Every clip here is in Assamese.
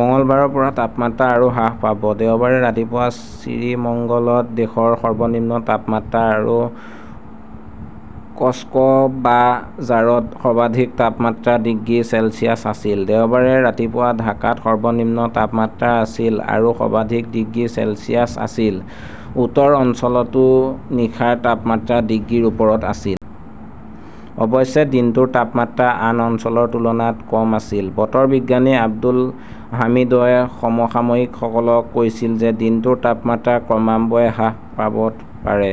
মঙলবাৰৰ পৰা তাপমাত্ৰা আৰু হ্ৰাস পাব। দেওবাৰে ৰাতিপুৱা শ্ৰীমঙ্গলত দেশৰ সৰ্বনিম্ন তাপমাত্ৰা আৰু কক্সবাঝাৰত সৰ্বাধিক তাপমাত্ৰা ডিগ্ৰী চেলছিয়াছ আছিল। দেওবাৰে ৰাতিপুৱা ঢাকাত সৰ্বনিম্ন তাপমাত্ৰা আছিল আৰু সৰ্বাধিক ডিগ্ৰী চেলছিয়াছ আছিল। উত্তৰ অঞ্চলতো নিশাৰ তাপমাত্ৰা ডিগ্ৰীৰ ওপৰত আছিল। অৱশ্যে দিনটোৰ তাপমাত্ৰা আন অঞ্চলৰ তুলনাত কম আছিল। বতৰ বিজ্ঞানী আব্দুল হামিদই সমসাময়িকসকলক কৈছিল যে দিনটোৰ তাপমাত্ৰা ক্ৰমান্বয়ে হ্ৰাস পাব পাৰে।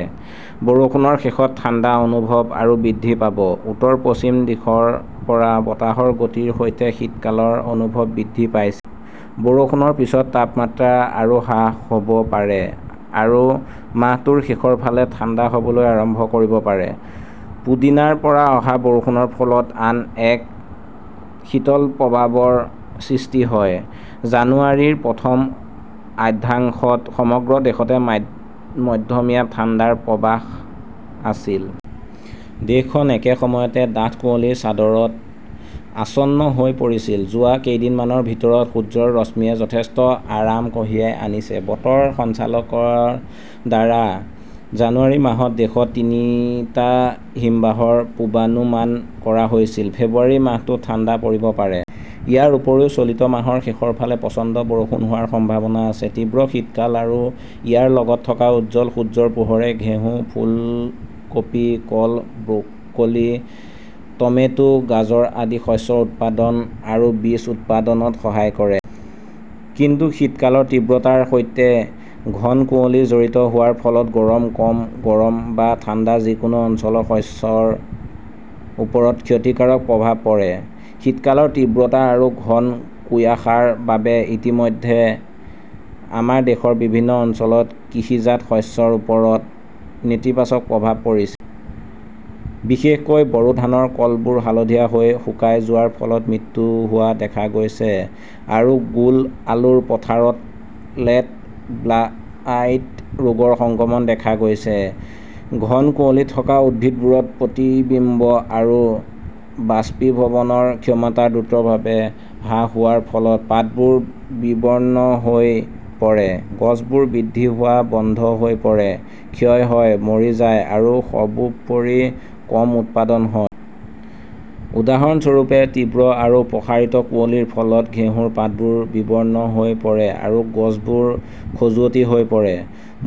বৰষুণৰ শেষত ঠাণ্ডা অনুভৱ আৰু বৃদ্ধি পাব। উত্তৰ-পশ্চিম দিশৰ পৰা বতাহৰ গতিৰ সৈতে শীতকালৰ অনুভৱ বৃদ্ধি পাইছে। বৰষুণৰ পিছত তাপমাত্ৰা আৰু হ্ৰাস হ "ব পাৰে আৰু মাহটোৰ শেষৰ ফালে ঠাণ্ডা হ" বলৈ আৰম্ভ কৰিব পাৰে। পুদিনাৰ পৰা অহা বৰষুণৰ ফলত আন এক শীতল প্ৰবাহৰ সৃষ্টি হয়। জানুৱাৰীৰ প্ৰথম অৰ্ধাংশত সমগ্ৰ দেশতে মধ্যমীয়া ঠাণ্ডাৰ প্ৰৱাহ আছিল। দেশখন একে সময়তে ডাঠ কুঁৱলীৰ চাদৰত আচ্ছন্ন হৈ পৰিছিল। যোৱা কেইদিনমানৰ ভিতৰত সূৰ্যৰ ৰশ্মিয়ে যথেষ্ট আৰাম কঢ়িয়াই আনিছে। বতৰ সঞ্চালকালয়ৰ দ্বাৰা জানুৱাৰী মাহত দেশত তিনিটা হিমবাহৰ পূৰ্বানুমান কৰা হৈছিল। ফেব্ৰুৱাৰী মাহতো ঠাণ্ডা পৰিব পাৰে। ইয়াৰ উপৰিও চলিত মাহৰ শেষৰ ফালে প্ৰচণ্ড বৰষুণ হোৱাৰ সম্ভাৱনা আছে। তীব্ৰ শীতকাল আৰু ইয়াৰ লগত থকা উজ্জ্বল সূৰ্যৰ পোহৰে ঘেঁহু, ফুলকপি, কল, ব্ৰকলি, টমেটো, গাজৰ আদি শস্যৰ উৎপাদন আৰু বীজ উৎপাদনত সহায় কৰে। কিন্তু শীতকালৰ তীব্ৰতাৰ সৈতে ঘন কুঁৱলী জড়িত হোৱাৰ ফলত গৰম, কম গৰম বা ঠাণ্ডা যিকোনো অঞ্চলৰ শস্যৰ ওপৰত ক্ষতিকাৰক প্ৰভাৱ পৰে। শীতকালৰ তীব্ৰতা আৰু ঘন কুয়াশাৰ বাবে ইতিমধ্যে আমাৰ দেশৰ বিভিন্ন অঞ্চলত কৃষিজাত শস্যৰ ওপৰত নেতিবাচক প্ৰভাৱ পৰিছে। বিশেষকৈ, বৰো ধানৰ কলবোৰ হালধীয়া হৈ শুকাই যোৱাৰ ফলত মৃত্যু হোৱা দেখা গৈছে আৰু গোল আলুৰ পথাৰত লেট ব্লাইট ৰোগৰ সংক্ৰমণ দেখা গৈছে। ঘন কুঁৱলী থকা উদ্ভিদবোৰত প্ৰতিবিম্ব আৰু বাষ্পীভৱনৰ ক্ষমতা দ্ৰুতভাৱে হ্ৰাস হোৱাৰ ফলত পাতবোৰ বিবৰ্ণ হৈ পৰে, গছবোৰ বৃদ্ধি হোৱা বন্ধ হৈ পৰে, ক্ষয় হয়, মৰি যায় আৰু সৰ্বোপৰি কম উৎপাদন হয়। উদাহৰণস্বৰূপে, তীব্ৰ আৰু প্ৰসাৰিত কুঁৱলীৰ ফলত ঘেঁহুৰ পাতবোৰ বিবৰ্ণ হৈ পৰে আৰু গছবোৰ খজুৱতি হৈ পৰে।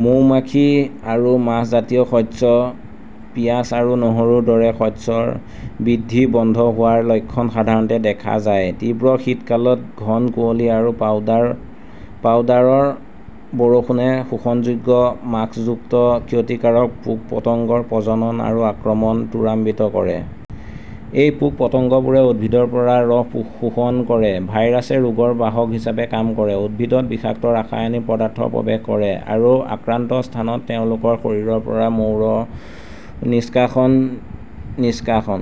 মৌমাখি আৰু মাহজাতীয় শস্য, পিয়াজ আৰু নহৰুৰ দৰে শস্যৰ বৃদ্ধি বন্ধ হোৱাৰ লক্ষণ সাধাৰণতে দেখা যায়। তীব্ৰ শীতকালত ঘন কুঁৱলী আৰু পাউডাৰ পাউডাৰৰ বৰষুণে শোষণযোগ্য মাস্কযুক্ত ক্ষতিকাৰক পোক-পতংগৰ প্ৰজনন আৰু আক্ৰমণ ত্বৰান্বিত কৰে। এই পোক-পতংগবোৰে উদ্ভিদৰ পৰা ৰস শোষণ কৰে, ভাইৰাছে ৰোগৰ বাহক হিচাপে কাম কৰে, উদ্ভিদত বিষাক্ত ৰাসায়নিক পদাৰ্থ প্ৰৱেশ কৰে, আৰু আক্ৰান্ত স্থানত তেওঁলোকৰ শৰীৰৰ পৰা মৌৰ নিষ্কাশন নিষ্কাশন